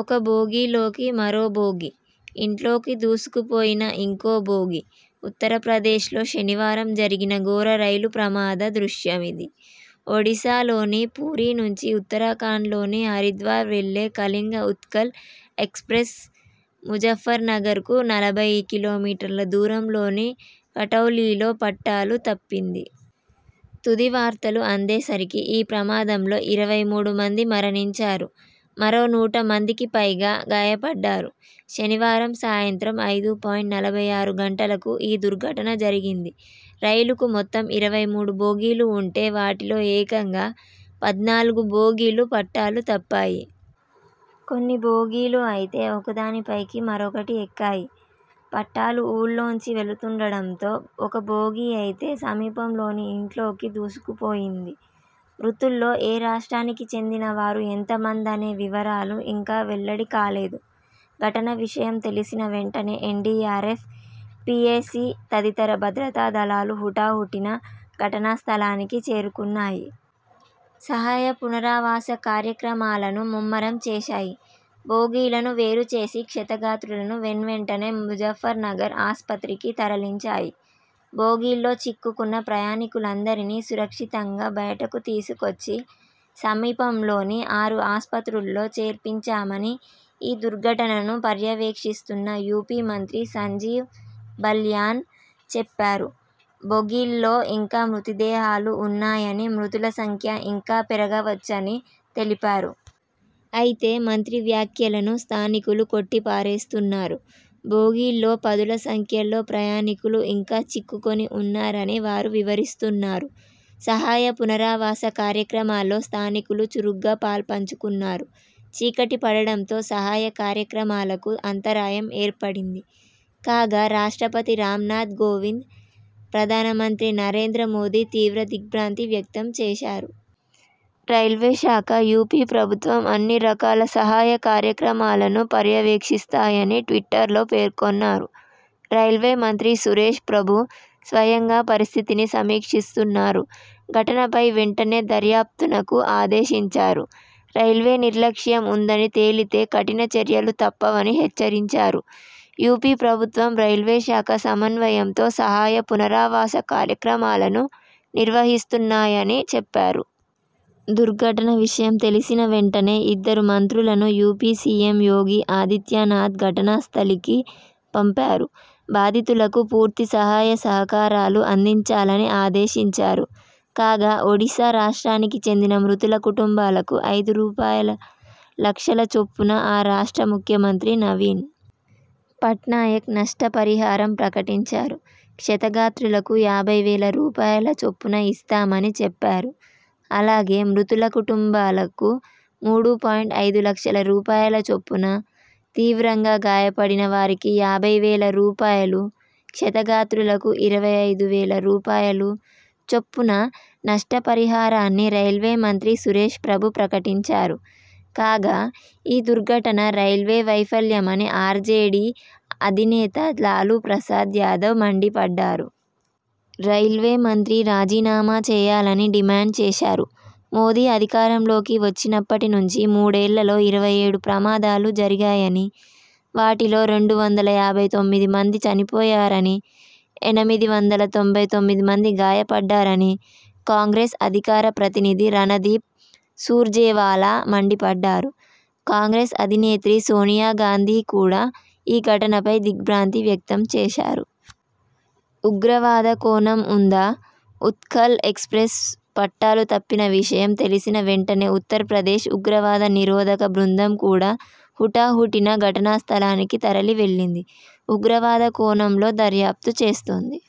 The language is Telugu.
ఒక బోగీ లోకి మరో బోగీ! ఇంట్లోకి దూసుకుపోయిన ఇంకో బోగీ! ఉత్తరప్రదేశ్లో శనివారం జరిగిన ఘోర రైలు ప్రమాద దృశ్యమిది. ఒడిసా లోని పూరీ నుంచి ఉత్తరాఖండ్లోని హరిద్వార్ వెళ్లే కళింగ ఉత్కళ్ ఎక్స్ ప్రెస్ ముజఫర్ నగర్కు నలభై కిలోమీటర్ల దూరంలోని కటౌలీలో పట్టాలు తప్పింది. తుది వార్తలు అందేసరికి ఈ ప్రమాదంలో ఇరవై మూడు మంది మరణించారు. మరో నూట మందికి పైగా గాయపడ్డారు. శనివారం సాయంత్రం ఐదు పాయింట్ నలభై ఆరు గంటలకు ఈ దుర్ఘటన జరిగింది. రైలుకు మొత్తం ఇరవై మూడు బోగీలు ఉంటే వాటిలో ఏకంగా పద్నాలుగు బోగీలు పట్టాలు తప్పాయి. కొన్ని బోగీలు అయితే ఒకదాని పైకి మరొకటి ఎక్కాయి. పట్టాలు ఊళ్లోంచి వెళుతుండడంతో ఒక బోగీ అయితే సమీపంలోని ఇంట్లోకి దూసుకుపోయింది. మృతుల్లో ఏ రాష్ట్రానికి చెందిన వారు ఎంత మందనే వివరాలు ఇంకా వెల్లడి కాలేదు. ఘటన విషయం తెలిసిన వెంటనే ఎన్డీఆర్ఎఫ్, పీఏసీ తదితర భద్రతా దళాలు హుటాహుటిన ఘటనా స్థలానికి చేరుకున్నాయి. సహాయ పునరావాస కార్యక్రమాలను ముమ్మరం చేశాయి. బోగీలను వేరు చేసి క్షతగాత్రులను వెన్వెంటనే ముజఫర్ నగర్ ఆస్పత్రికి తరలించాయి. బోగీల్లో చిక్కుకున్న ప్రయాణికులందరినీ సురక్షితంగా బయటకు తీసుకొచ్చి, సమీపంలోని ఆరు ఆస్పత్రుల్లో చేర్పించామని ఈ దుర్ఘటనను పర్యవేక్షిస్తున్న యూపీ మంత్రి సంజీవ్ బల్యాన్ చెప్పారు. బొగీల్లో ఇంకా మృతదేహాలు ఉన్నాయని, మృతుల సంఖ్య ఇంకా పెరగవచ్చని తెలిపారు. అయితే, మంత్రి వ్యాఖ్యలను స్థానికులు కొట్టి పారేస్తున్నారు. బోగీల్లో పదుల సంఖ్యలో ప్రయాణికులు ఇంకా చిక్కుకుని ఉన్నారని వారు వివరిస్తున్నారు. సహాయ పునరావాస కార్యక్రమాల్లో స్థానికులు చురుగ్గా పాల్పంచుకున్నారు. చీకటి పడడంతో సహాయ కార్యక్రమాలకు అంతరాయం ఏర్పడింది. కాగా, రాష్ట్రపతి రామ్నాథ్ కోవింద్, ప్రధాన మంత్రి నరేంద్ర మోదీ తీవ్ర దిగ్ర్భాంతి వ్యక్తం చేశారు. రైల్వే శాఖ, యూపీ ప్రభుత్వం అన్ని రకాల సహాయ కార్యక్రమాలను పర్యవేక్షిస్తాయని ట్విటర్లో పేర్కొన్నారు. రైల్వే మంత్రి సురేశ్ ప్రభు స్వయంగా పరిస్థితిని సమీక్షిస్తున్నారు. ఘటనపై వెంటనే దర్యాప్తునకు ఆదేశించారు. రైల్వే నిర్లక్ష్యం ఉందని తేలితే కఠిన చర్యలు తప్పవని హెచ్చరించారు. యూపీ ప్రభుత్వం, రైల్వే శాఖ సమన్వయంతో సహాయ పునరావాస కార్యక్రమాలను నిర్వహిస్తున్నాయని చెప్పారు. దుర్ఘటన విషయం తెలిసిన వెంటనే ఇద్దరు మంత్రులను యూపీ సీఎం యోగి ఆదిత్యనాథ్ ఘటనా స్థలికి పంపారు. బాధితులకు పూర్తి సహాయ సహకారాలు అందించాలని ఆదేశించారు. కాగా, ఒడిసా రాష్ట్రానికి చెందిన మృతుల కుటుంబాలకు ఐదు రూపాయల లక్షల చొప్పున ఆ రాష్ట్ర ముఖ్యమంత్రి నవీన్ పట్నాయక్ నష్ట పరిహారం ప్రకటించారు క్షతగాత్రులకు యాభై వేల రూపాయల చొప్పున ఇస్తామని చెప్పారు అలాగే, మృతుల కుటుంబాలకు మూడు పాయింట్ ఐదు లక్షల రూపాయల చొప్పున తీవ్రంగా గాయపడిన వారికి యాభై వేల రూపాయలు క్షతగాత్రులకు ఇరవై ఐదు వేల రూపాయలు చొప్పున నష్ట పరిహారాన్ని రైల్వే మంత్రి సురేశ్ ప్రభు ప్రకటించారు కాగా, ఈ దుర్ఘటన రైల్వే వైఫల్యమని ఆర్జేడీ అధినేత లాలు ప్రసాద్ యాదవ్ మండి పడ్డారు. రైల్వే మంత్రి రాజీనామా చేయాలని డిమాండ్ చేశారు. మోదీ అధికారంలోకి వచ్చినప్పటి నుంచీ మూడేళ్లలో ఇరవై ఏడు ప్రమాదాలు జరిగాయని, వాటిలో రెండు వందల యాభై తొమ్మిది మంది చనిపోయారని, ఎనిమిది వందల తొంభై తొమ్మిది మంది గాయపడ్డారని కాంగ్రెస్ అధికార ప్రతినిధి రణదీప్ సూర్జేవాలా మండిపడ్డారు కాంగ్రెస్ అధినేత్రి సోనియా గాంధీ కూడా ఈ ఘటనపై దిగ్ర్భాంతి వ్యక్తం చేశారు. ఉగ్రవాద కోణం ఉందా? ఉత్కళ్ ఎక్స్ ప్రెస్ పట్టాలు తప్పిన విషయం తెలిసిన వెంటనే ఉత్తరప్రదేశ్ ఉగ్రవాద నిరోధక బృందం కూడా హుటాహుటిన ఘటనా స్థలానికి తరలి వెళ్లింది. ఉగ్రవాద కోణంలో దర్యాప్తు చేస్తోంది.